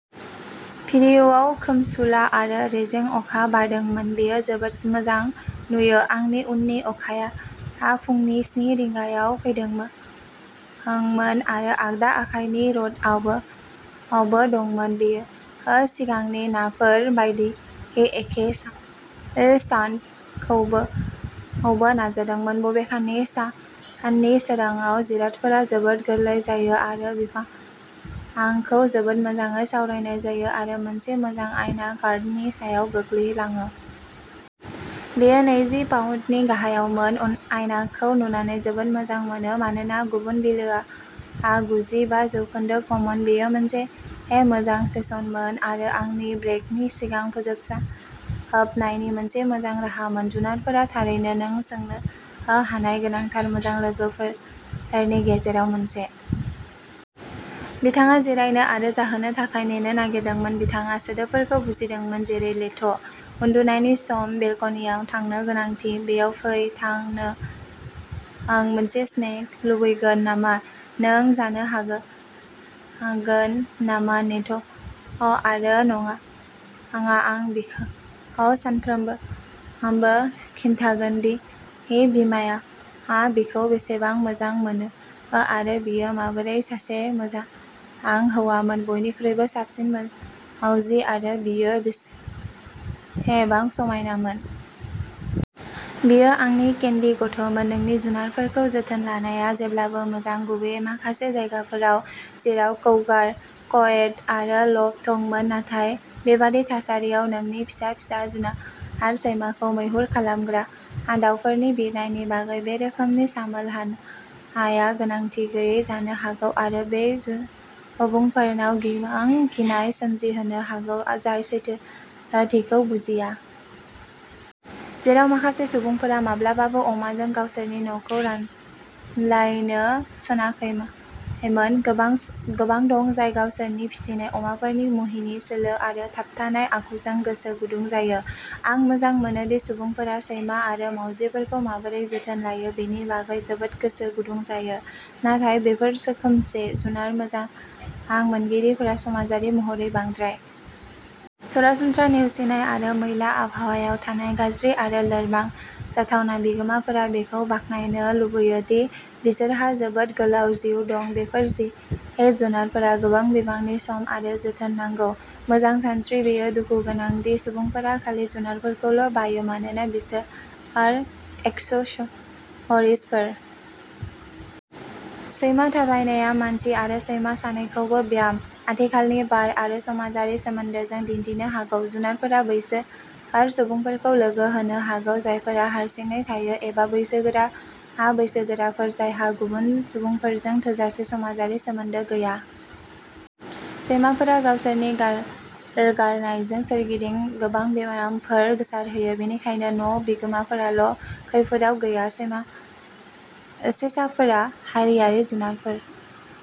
भिडिअ'आव खोमसुला आरो रेजें अखा बारदोंमोन। बेयो जोबोद मोजां नुयो। आंनि उननि अखाया फुंनि स्नि रिंगायाव फैदोंमोन आरो आगदा आखाइनि रडआवबो दंमोन। बेयो सिगांनि नाफोर बायदि एखे स्टान्टखौबो नाजादोंमोन। बबेखानि, साननि सोरांआव जिरादफोरा जोबोद गोरलै जायो आरो बिफांखौ जोबोद मोजाङै सावरायनाय जायो आरो मोनसे मोजां आयना कर्डनि सायाव गोग्लैलाङो। बेयो नैजि पाउन्दनि गाहायावमोन। आयनाखौ नुनानै जोबोद मोजां मोनो, मानोना गुबुन बिलोआ गुजि बा जौखोन्दो कमन। बेयो मोनसे मोजां सेसनमोन आरो आंनि ब्रेकनि सिगां फोजोबनायनि मोनसे मोजां राहामोन। जुनारफोरा थारैनो नों सोंनो हानाय गोनांथार मोजां लोगोफोरनि गेजेराव मोनसे। बिथाङा जिरायनो आरो जाहोनो थाखाय नेनो नागिरदोंमोन, बिथाङा सोदोबफोरखौ बुजिदोंमोन जेरै लेथ', उन्दुनायनि सम, बेलकनिआव थांनो गोनांथि, बेयाव फै, थां, नों मोनसे स्नेक लुबैगोन नामा, नों जानो हागोन नामा, नेथ' आरो नङा। आं बिखौ सानफ्रोमबो खिन्थागोनदि बिमाया बिखौ बेसेबां मोजां मोनो आरो बियो माबोरै सासे मोजां हौवामोन, बयनिख्रुइबो साबसिन मावजि आरो बियो बेसेबां समायनामोन। बियो आंनि केन्डि गथ'मोन। नोंनि जुनारफोरखौ जोथोन लानाया जेब्लाबो मोजां, गुबैयै माखासे जायगाफोराव, जेराव कौगार, कयट आरो ल'फ दंमोन, नाथाय बेबादि थासारियाव नोंनि फिसा फिसा जुनार सैमाखौ मैहुर खालामग्रा दावफोरनि बिरनायनि बागै बे रोखोमनि सामोल होनाया गोनांथि गैयै जानो हागौ आरो बै सुबुंफोरनाव गोबां गिनाय सोमजिहोनो हागौ जाय सैथोथिखौ बुजिया। जेराव माखासे सुबुंफोरा माब्लाबाबो अमाजों गावसोरनि न'खौ रानलायनो सानाखैमोन, गोबां दं जाय गावसोरनि फिसिनाय अमाफोरनि मुहिनि, सोलो आरो थाबथानाय आखुजों गोसो गुदुं जायो। आं मोजां मोनोदि सुबुंफोरा सैमा आरो मावजिफोरखौ माबोरै जोथोन लायो बेनि बागै जोबोद गोसो गुदुं जायो, नाथाय बेफोर रोखोमसे जुनार मोजां मोनगिरिफोरा समाजारि महरै बांद्राय। सरासनस्रा नेवसिनाय आरो मैला आबहावायाव थानाय गाज्रि आरो लोरबां। जाथावना बिगोमाफोरा बेखौ बाखनायनो लुबैयो दि बिसोरहा जोबोद गोलाव जिउ दं, बेफोर जिब जुनारफोरा गोबां बिबांनि सम आरो जोथोन नांगौ। मोजां सानस्रि, बेयो दुखु गोनां दि सुबुंफोरा खालि जुनारफोरखौल' बायो मानोना बिसोर एक्सेसरिजफोर। सैमा थाबायनायआ मानसि आरो सैमा सानैखौबो ब्याम, आथिखालनि बार आरो समाजारि सोमोन्दोजों दिन्थिनो हागौ। जुनारफोरा बैसोर सुबुंफोरखौ लोगो होनो हागौ जायफोरा हारसिङै थायो एबा बैसोगोरा बैसोगोराफोर जायहा गुबुन सुबुंफोरजों थोजासे समाजारि सोमोन्दो गैया। सैमाफोरा गावसोरनि गारगारनायजों सोरगिदिं गोबां बेरामफोर गोसारहोयो, बेनिखायनो न' बिगोमाफोराल' खैफोदआव गैया। सेसाफोरा हारियारि जुनारफोर।